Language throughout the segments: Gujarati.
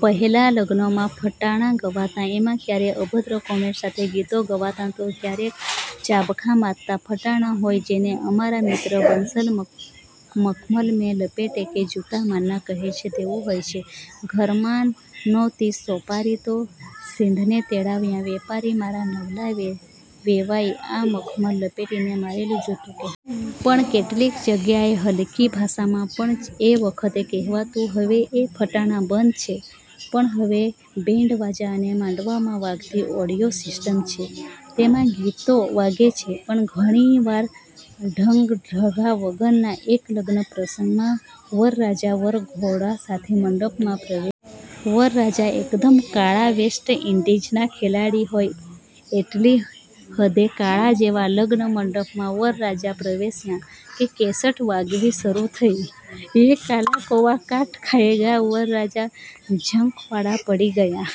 પહેલાં લગ્નોમાં ફટાણાં ગવાતાં. એમાં ક્યારેક અભદ્ર કોમેન્ટ સાથે ગીતો ગવાતાં, તો ક્યારેક ચાબખા મારતાં ફટાણાં હોય. જેને અમારા મિત્ર બંસલ, 'મખમલ મેં લપેટ કે જૂતા મારના' કહે છે તેવું હોય. 'ઘરમાં નો'તી સોપારી તો શીદને તેડાવ્યા વેપારી મારા નવલા વેવાઈ' આ મખમલ લપેટીને મારેલું જૂતું કહેવાય. પણ કેટલીક જગ્યાએ હલકી ભાષામાં પણ એ વખતે કહેવાતું. હવે એ ફટાણાં બંધ છે. પણ હવે બૅન્ડવાજા અને માંડવામાં વાગતી 'ઑડિયો સિસ્ટમ' છે. તેમાં ગીતો વાગે છે, પણ ઘણી વાર ઢંગધડા વગરનાં. એક લગ્ન પ્રસંગમાં વરરાજા વરઘોડા સાથે મંડપમાં પ્રવેશ્યા. વરરાજા એકદમ કાળા… વેસ્ટ ઈન્ડિઝના ખેલાડી હોય એટલી હદે કાળા. જેવા લગ્ન મંડપમાં વરરાજા પ્રવેશ્યા કે કેસેટ વાગવી શરૂ થઈ 'યે કાલા કૌવા કાટ ખાયેંગા… ' વરરાજા ઝંખવાણા પડી ગયા.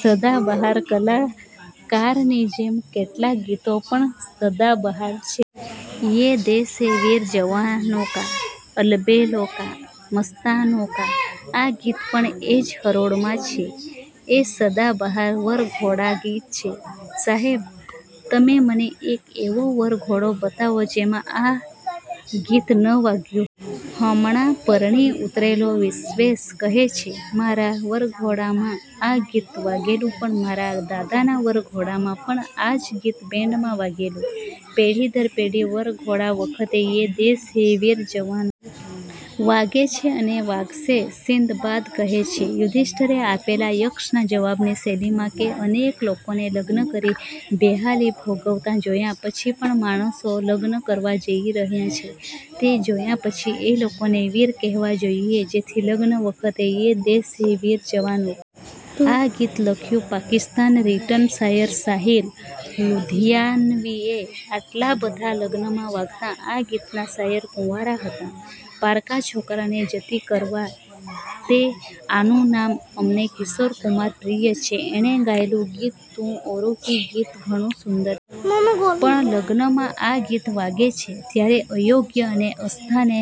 સદાબહાર કલાકારની જેમ કેટલાંક ગીતો પણ સદાબહાર છે. 'યે દેશ હૈ વીર જવાનો કા, અલબેલો કા મસ્તાનો કા… ' આ ગીત પણ એ જ હરોળમાં છે એ સદાબહાર વરઘોડા ગીત છે. સાહેબ… તમે મને એક એવો વરઘોડો બતાવો જેમાં આ ગીત ન વાગ્યું હોય. હમણાં પરણી ઊતરેલો વિશ્વેશ કહે છે, "મારા વરઘોડામાં આ ગીત વાગેલું પણ મારા દાદાના વરઘોડામાં પણ આ જ ગીત બેન્ડમાં વાગેલું. " પેઢી દર પેઢી વરઘોડા વખતે 'યે દેશ હૈ વીર જવાનો કા' વાગે છે અને વાગશે, સિંદબાદ કહે છે, યુધિષ્ઠિરે આપેલા યક્ષના જવાબની શૈલીમાં કે અનેક લોકોને લગ્ન કરી બેહાલી ભોગવતા જોયા પછી પણ માણસો લગ્ન કરવા જઈ રહ્યા છે, તે જોયા પછી એ લોકોને 'વીર' કહેવા જોઈએ, જેથી લગ્ન વખતે 'યે દેશ હૈ વીર જવાનો કા' ગીત બેન્ડવાળા વગાડતા રહે છે. આ ગીત લખ્યું પાકિસ્તાન રિટર્ન શાયર સાહિર લુધિયાનવીએ, આટલાં બધાં લગ્નમાં વાગતા આ ગીતના શાયર કુંવારા હતા. પારકા છોકરાને જતિ કરવા તે આનું નામ. અમને કિશોરકુમાર પ્રિય છે. એણે ગાયેલું ગીત 'તૂં ઔરો કી' ગીત ઘણું સુંદર છે. પણ લગ્નમાં આ ગીત વાગે છે ત્યારે અયોગ્ય અને અસ્થાને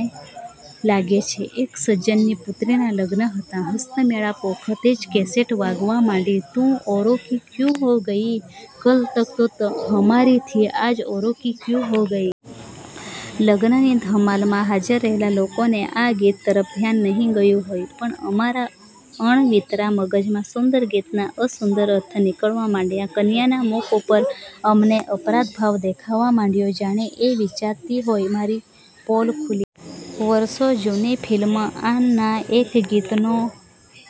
લાગે છે. એક સજ્જનની પુત્રીનાં લગ્ન હતાં. હસ્તમેળાપ વખતે જ કેસેટ વાગવા માંડી, 'તૂં ઔરો કી ક્યું હો ગઈ! કલ તક તો હમારી થી… આજ ઔરો કી ક્યું હો ગઈ? ' લગ્નની ધમાલમાં હાજર રહેલા લોકોને આ ગીત તરફ ધ્યાન નહીં ગયું હોય, પણ અમારા અળવીતરા મગજમાં સુંદર ગીતના અસુંદર અર્થ નીકળવા માંડ્યા. કન્યાના મુખ ઉપર અમને અપરાધભાવ દેખાવા માંડયો. જાણે એ વિચારતી હોય 'મારી પોલ ખૂલી ગઈ. ' વરસો જૂની ફિલ્મ 'આન' ના એક ગીતનો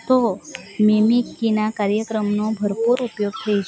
તો મિમિક્રીના કાર્યક્રમોમાં ભરપૂર ઉપયોગ થઈ ચૂક્યો